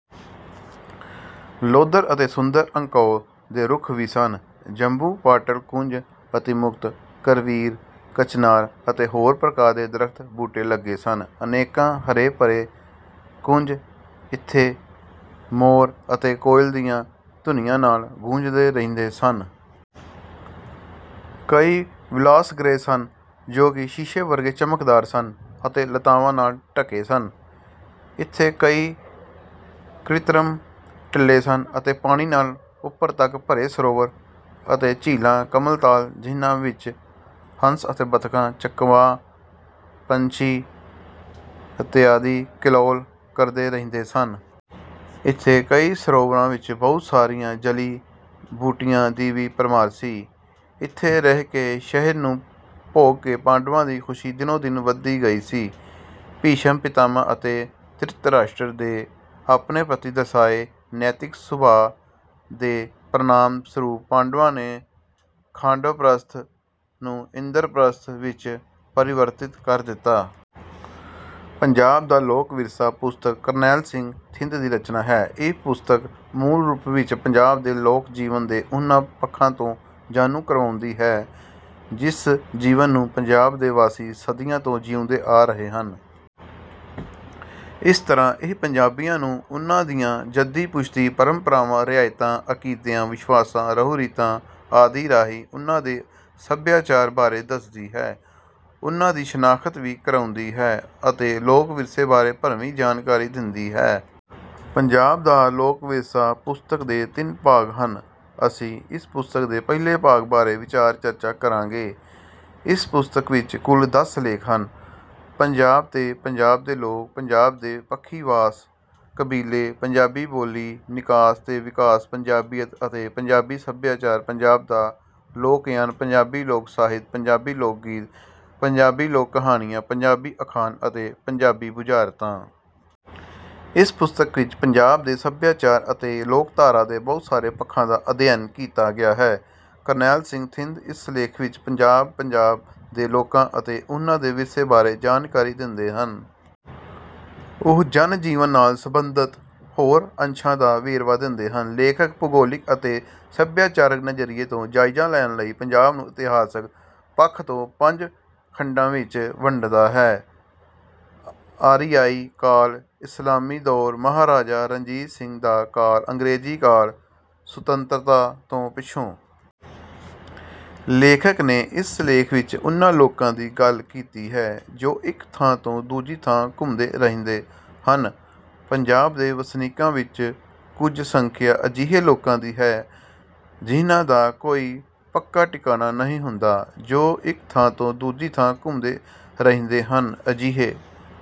ਲੋਧਰ ਅਤੇ ਸੁੰਦਰ ਅੰਕੋਲ ਦੇ ਰੁੱਖ ਵੀ ਸਨ। ਜੰਬੂ, ਪਾਟਲ, ਕੁੰਜ, ਅਤੀਮੁਕਤ, ਕਰਵੀਰ, ਕਚਨਾਰ ਅਤੇ ਹੋਰ ਪ੍ਰਕਾਰ ਦੇ ਦਰੱਖਤ ਬੂਟੇ ਲੱਗੇ ਸਨ। ਅਨੇਕਾਂ ਹਰੇ ਭਰੇ ਕੁੰਜ ਇੱਥੇ ਮੋਰ ਅਤੇ ਕੋਇਲ ਦੀਆਂ ਧੁਨੀਆਂ ਨਾਲ ਗੂੰਜਦੇ ਰਹਿੰਦੇ ਸਨ। ਕਈ ਵਿਲਾਸਗ੍ਰਹਿ ਸਨ ਜੋ ਕਿ ਸ਼ੀਸ਼ੇ ਵਰਗੇ ਚਮਕਦਾਰ ਸਨ ਅਤੇ ਲਤਾਵਾਂ ਨਾਲ ਢਕੇ ਸਨ। ਇੱਥੇ ਕਈ ਕ੍ਰਿਤਰਿਮ ਟਿੱਲੇ ਸਨ ਅਤੇ ਪਾਣੀ ਨਾਲ ਉੱਪਰ ਤੱਕ ਭਰੇ ਸਰੋਵਰ ਅਤੇ ਝੀਲਾਂ ਕਮਲ ਤਾਲ ਜਿਹਨਾਂ ਵਿੱਚ ਹੰਸ ਅਤੇ ਬੱਤਖਾਂ ਚਕਵਾ ਪੰਛੀ ਇਤਿਆਦਿ ਕਿਲੋਲ ਕਰਦੇ ਰਹਿੰਦੇ ਸਨ। ਇੱਥੇ ਕਈ ਸਰੋਵਰਾਂ ਵਿੱਚ ਬਹੁਤ ਸਾਰੀਆਂ ਜਲੀ ਬੂਟੀਆਂ ਦੀ ਵੀ ਭਰਮਾਰ ਸੀ। ਇੱਥੇ ਰਹਿ ਕੇ ਸ਼ਹਿਰ ਨੂੰ ਭੋਗ ਕੇ ਪਾਂਡਵਾਂ ਦੀ ਖੁਸ਼ੀ ਦਿਨੋਂ ਦਿਨ ਵੱਧਦੀ ਗਈ ਸੀ। ਭੀਸ਼ਮ ਪਿਤਾਮਹ ਅਤੇ ਧ੍ਰਿਤਰਾਸ਼ਟਰ ਦੇ ਆਪਣੇ ਪ੍ਰਤੀ ਦਰਸਾਏ ਨੈਤਿਕ ਸੁਭਾਅ ਦੇ ਪ੍ਰਣਾਮ ਸਰੂਪ ਪਾਂਡਵਾਂ ਨੇ ਖਾਂਡਵਪ੍ਰਸਥ ਨੂੰ ਇੰਦਰਪ੍ਰਸਥ ਵਿੱਚ ਪਰਿਵਰਤਿਤ ਕਰ ਦਿੱਤਾ। ਪੰਜਾਬ ਦਾ ਲੋਕ ਵਿਰਸਾ ਪੁਸਤਕ ਕਰਨੈਲ ਸਿੰਘ ਥਿੰਦ ਦੀ ਰਚਨਾ ਹੈ। ਇਹ ਪੁਸਤਕ ਮੂਲ ਰੂਪ ਵਿੱਚ ਪੰਜਾਬ ਦੇ ਲੋਕ ਜੀਵਨ ਦੇ ਉਹਨਾਂ ਪੱਖਾਂ ਤੋਂ ਜਾਣੂ ਕਰਵਾਉਂਦੀ ਹੈ ਜਿਸ ਜੀਵਨ ਨੂੰ ਪੰਜਾਬ ਦੇ ਵਾਸੀ ਸਦੀਆਂ ਤੋਂ ਜੀਊਂਦੇ ਆ ਰਹੇ ਹਨ। ਇਸ ਤਰ੍ਹਾਂ ਇਹ ਪੰਜਾਬੀਆਂ ਨੂੰ ਉਨ੍ਹਾਂ ਦੀਆਂ ਜੱਦੀ ਪੁਸ਼ਤੀ ਪਰੰਪਰਾਵਾਂ ਰਿਆਇਤਾਂ ਅਕੀਦਿਆਂ ਵਿਸ਼ਵਾਸਾਂ ਰਹੁ ਰੀਤਾਂ ਆਦਿ ਰਾਹੀਂ ਉਨ੍ਹਾਂ ਦੇ ਸੱਭਿਆਚਾਰ ਬਾਰੇ ਦੱਸਦੀ ਹੈ ਉਨ੍ਹਾਂ ਦੀ ਸ਼ਨਾਖਤ ਵੀ ਕਰਾਉਂਦੀ ਹੈ ਅਤੇ ਲੋਕ ਵਿਰਸੇ ਬਾਰੇ ਭਰਵੀਂ ਜਾਣਕਾਰੀ ਦਿੰਦੀ ਹੈ। ਪੰਜਾਬ ਦਾ ਲੋਕ ਵਿਰਸਾ ਪੁਸਤਕ ਦੇ ਤਿੰਨ ਭਾਗ ਹਨ। ਅਸੀਂ ਇਸ ਪੁਸਤਕ ਦੇ ਪਹਿਲੇ ਭਾਗ ਬਾਰੇ ਵਿਚਾਰ ਚਰਚਾ ਕਰਾਂਗੇ। ਇਸ ਪੁਸਤਕ ਵਿੱਚ ਕੁੱਲ ਦਸ ਲੇਖ ਹਨ ਪੰਜਾਬ ਤੇ ਪੰਜਾਬ ਦੇ ਲੋਕ ਪੰਜਾਬ ਦੇ ਪੱਖੀਵਾਸ ਕਬੀਲੇ ਪੰਜਾਬੀ ਬੋਲੀ ਨਿਕਾਸ ਤੇ ਵਿਕਾਸ ਪੰਜਾਬੀਅਤ ਅਤੇ ਪੰਜਾਬੀ ਸੱਭਿਆਚਾਰ ਪੰਜਾਬ ਦਾ ਲੋਕਯਾਨ ਪੰਜਾਬੀ ਲੋਕ ਸਾਹਿਤ ਪੰਜਾਬੀ ਲੋਕ ਗੀਤ ਪੰਜਾਬੀ ਲੋਕ ਕਹਾਣੀਆਂ ਪੰਜਾਬੀ ਅਖਾਣ ਅਤੇ ਪੰਜਾਬੀ ਬੁਝਾਰਤਾਂ। ਇਸ ਪੁਸਤਕ ਵਿੱਚ ਪੰਜਾਬ ਦੇ ਸੱਭਿਆਚਾਰ ਅਤੇ ਲੋਕਧਾਰਾ ਦੇ ਬਹੁਤ ਸਾਰੇ ਪੱਖਾਂ ਦਾ ਅਧਿਐਨ ਕੀਤਾ ਗਿਆ ਹੈ। ਕਰਨੈਲ ਸਿੰਘ ਥਿੰਦ ਇਸ ਲੇਖ ਵਿੱਚ ਪੰਜਾਬ ਪੰਜਾਬ ਦੇ ਲੋਕਾਂ ਅਤੇ ਉਹਨਾਂ ਦੇ ਵਿਰਸੇ ਬਾਰੇ ਜਾਣਕਾਰੀ ਦਿੰਦੇ ਹਨ। ਉਹ ਜਨ ਜੀਵਨ ਨਾਲ ਸੰਬੰਧਿਤ ਹੋਰ ਅੰਸ਼ਾਂ ਦਾ ਵੇਰਵਾ ਦਿੰਦੇ ਹਨ। ਲੇਖਕ ਭੂਗੋਲਿਕ ਅਤੇ ਸੱਭਿਆਚਾਰਕ ਨਜ਼ਰੀਏ ਤੋਂ ਜਾਇਜ਼ਾ ਲੈਣ ਲਈ ਪੰਜਾਬ ਨੂੰ ਇਤਿਹਾਸਕ ਪੱਖ ਤੋਂ ਪੰਜ ਖੰਡਾਂ ਵਿੱਚ ਵੰਡਦਾ ਹੈ ਆਰੀਆਈ ਕਾਲ ਇਸਲਾਮੀ ਦੌਰ ਮਹਾਰਾਜਾ ਰਣਜੀਤ ਸਿੰਘ ਦਾ ਕਾਲ ਅੰਗਰੇਜ਼ੀ ਕਾਲ ਸੁਤੰਤਰਤਾ ਤੋਂ ਪਿੱਛੋਂ। ਲੇਖਕ ਨੇ ਇਸ ਲੇਖ ਵਿੱਚ ਉਨ੍ਹਾਂ ਲੋਕਾਂ ਦੀ ਗੱਲ ਕੀਤੀ ਹੈ ਜੋ ਇੱਕ ਥਾਂ ਤੋਂ ਦੂਜੀ ਥਾਂ ਘੁੰਮਦੇ ਰਹਿੰਦੇ ਹਨ। ਪੰਜਾਬ ਦੇ ਵਸਨੀਕਾਂ ਵਿੱਚ ਕੁਝ ਸੰਖਿਆ ਅਜਿਹੇ ਲੋਕਾਂ ਦੀ ਹੈ ਜਿਹਨਾਂ ਦਾ ਕੋਈ ਪੱਕਾ ਟਿਕਾਣਾ ਨਹੀਂ ਹੁੰਦਾ ਜੋ ਇੱਕ ਥਾਂ ਤੋਂ ਦੂਜੀ ਥਾਂ ਘੁੰਮਦੇ ਰਹਿੰਦੇ ਹਨ। ਅਜਿਹੇ